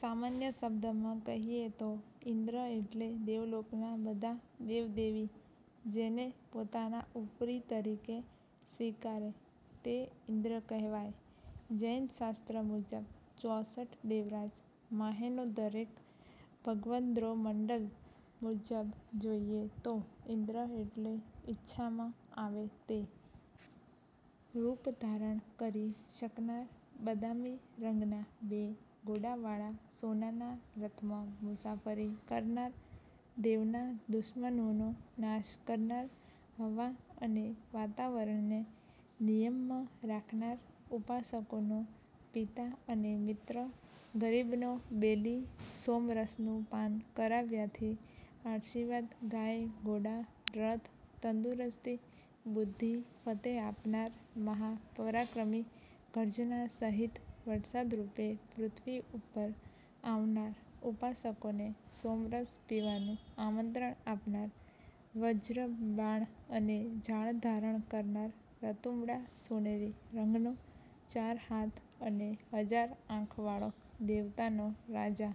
સામાન્ય શબ્દમાં કહીએ તો ઇન્દ્ર એટલે દેવલોકનાં બધાં દેવદેવી જેને પોતાના ઉપરી તરીકે સ્વીકારે તે ઇન્દ્ર કહેવાય. જૈન શાસ્ત્ર મુજબ ચોસઠ દેવરાજ માંહેનો દરેક. ભગવદ્ગોમંડલ મુજબ જોઈએ તો ઇન્દ્ર એટલે ઇચ્છામાં આવે તે રૂપ ધારણ કરી શકનાર, બદામી રંગના બે ઘોડાવાળા સોનાના રથમાં મુસાફરી કરનાર, દેવના દુશ્મનોનો નાશ કરનાર, હવા અને વાતાવરણને નિયમમાં રાખનાર, ઉપાસકોનો પિતા અને મિત્ર, ગરીબનો બેલી, સોમરસનું પાન કરાવ્યાથી આશીર્વાદ, ગાય, ઘોડા, રથ, તંદુરસ્તી, બુદ્ધિ, ફતેહ આપનાર, મહા પરાક્રમી ગર્જના સહિત વરસાદરૂપે પૃથ્વી ઉપર આવનાર, ઉપાસકોને સોમરસ પીવાનું આમંત્રણ આપનાર, વજ્ર બાણ અને જાળ ધારણ કરનાર, રતુંબડા સોનેરી રંગનો, ચાર હાથ અને હજાર આંખવાળો દેવતાનો રાજા.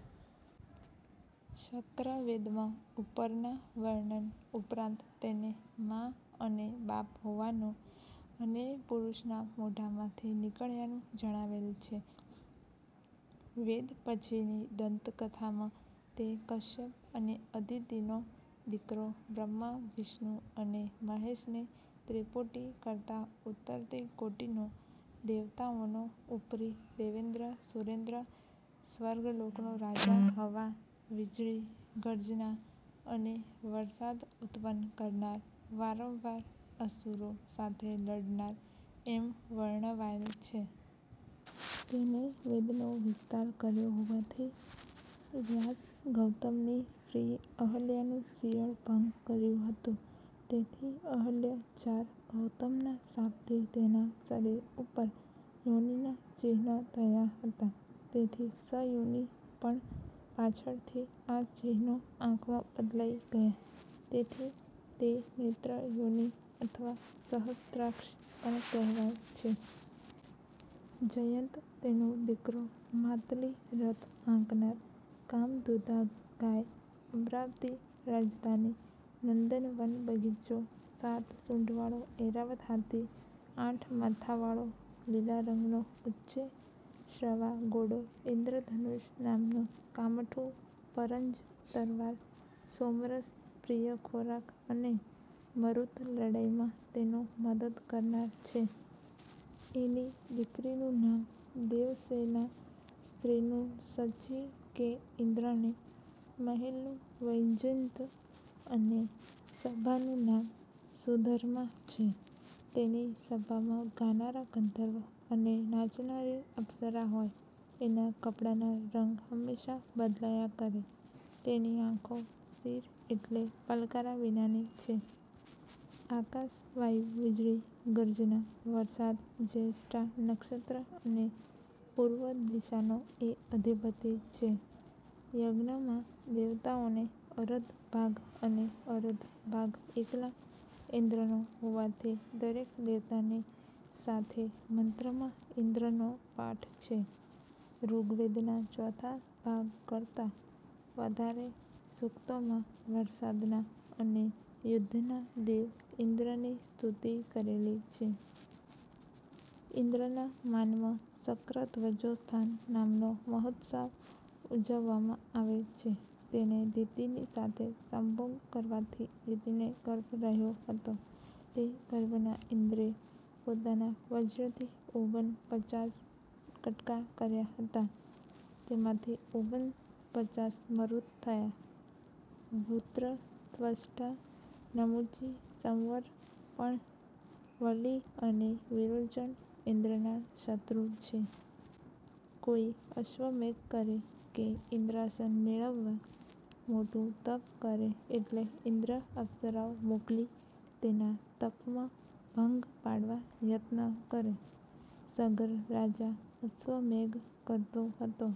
શક્ર વેદમાં ઉપરના વર્ણન ઉપરાંત તેને મા અને બાપ હોવાનું અને પુરુષના મોઢામાંથી નીકળ્યાનું જણાવેલ છે. વેદ પછીની દંતકથામાં તે કશ્યપ અને અદિતિનો દીકરો, બ્રહ્મા વિષ્ણુ અને મહેશની ત્રિપુટી કરતાં ઊતરતી કોટીનો, દેવતાઓનો ઉપરી, દેવેન્દ્ર, સુરેન્દ્ર, સ્વર્ગલોકનો રાજા હવા, વીજળી, ગર્જના અને વરસાદ ઉત્પન્ન કરનાર, વારંવાર અસુરો સાથે લડનાર એમ વર્ણવાયેલ છે. તેણે વેદનો વિસ્તાર કર્યો હોવાથી વ્યાસ, ગૌતમની સ્ત્રી અહલ્યાનું શિયળ ભંગ કર્યું હતું તેથી અહલ્યાજાર, ગૌતમના શાપથી તેના શરીર ઉપર યોનિનાં ચિહ્ન થયાં હતાં તેથી સયોનિ, પણ પાછળથી આ ચિહ્નો આંખમાં બદલાઈ ગયાં તેથી તે નેત્રયોનિ અથવા સહસ્ત્રાક્ષ પણ કહેવાય છે. જયંત તેનો દીકરો, માતલિ રથ હાંકનાર, કામદુધા ગાય, અમરાવતી રાજધાની, નંદનવન બગીચો, સાત સૂંઢવાળો ઐરાવત હાથી, આઠ માથાવાળો લીલા રંગનો ઉચ્ચૈ:શ્રવા ઘોડો, ઇંદ્રધનુષ નામનું કામઠું, પરંજ તરવાર, સોમરસ પ્રિય ખોરાક અને મરુત લડાઈમાં તેનો મદદ કરનાર છે. એની દિકરીનું નામ દેવસ્સેના, સ્ત્રીનું શચી કે ઇંદ્રાણી, મહેલનું વૈજયંત અને સભાનું નામ સુધર્મા છે. એની સભામાં ગાનારા ગંધર્વ અને નાચનારી અપસરા હોય. એનાં કપડાંના રંગ હમેશા બદલાયા કરે. તેની આંખો સ્થિર એટલે પલકારા વિનાની છે. આકાશ, વાયુ, વીજળી, ગર્જના, વરસાદ, જ્યેષ્ઠા નક્ષત્ર અને પૂર્વ દિશાનો એ અધિપતિ છે. યજ્ઞમાં દેવતાઓને અરધ ભાગ અને અરધ ભાગ એકલા ઇંદ્રનો હોવાથી દરેક દેવતાની સાથે મંત્રમાં ઇંદ્રનો પાઠ છે. ઋગ્વેદનાં ચોથા ભાગ કરતાં વધારે સૂક્તોમાં વરસાદના અને યુદ્ધના દેવ ઇંદ્રની સ્તુતિ કરેલી છે. ઇંદ્રના માનમાં શક્રધ્વજોત્થાન નામનો મહોત્સાવ ઊજવવામાં આવે છે. એણે દિતિની સાથે સંભોગ કરવાથી દિતિને ગર્ભ રહ્યો હતો. તે ગર્ભના ઇંદ્રે પોતાના વજ્રથી ઓગન પચાસ કટકા કર્યા હતા. તેમાંથી ઓગન પચાસ મરુત થયા. વૃત્ર, ત્વષ્ટા, નમુચિ, સંવર, પણ, વલિ અને વિરોચન ઇંદ્રના શત્રુ છે. કોઈ અશ્વમેધ કરે કે ઇંદ્રાસન મેળવવા મોટું તપ કરે એટલે ઇંદ્ર અપ્સરાઓ મોકલી તેના તપમાં ભંગ પાડવા યત્ન કરે. સગર રાજા અશ્વમેધ કરતો હતો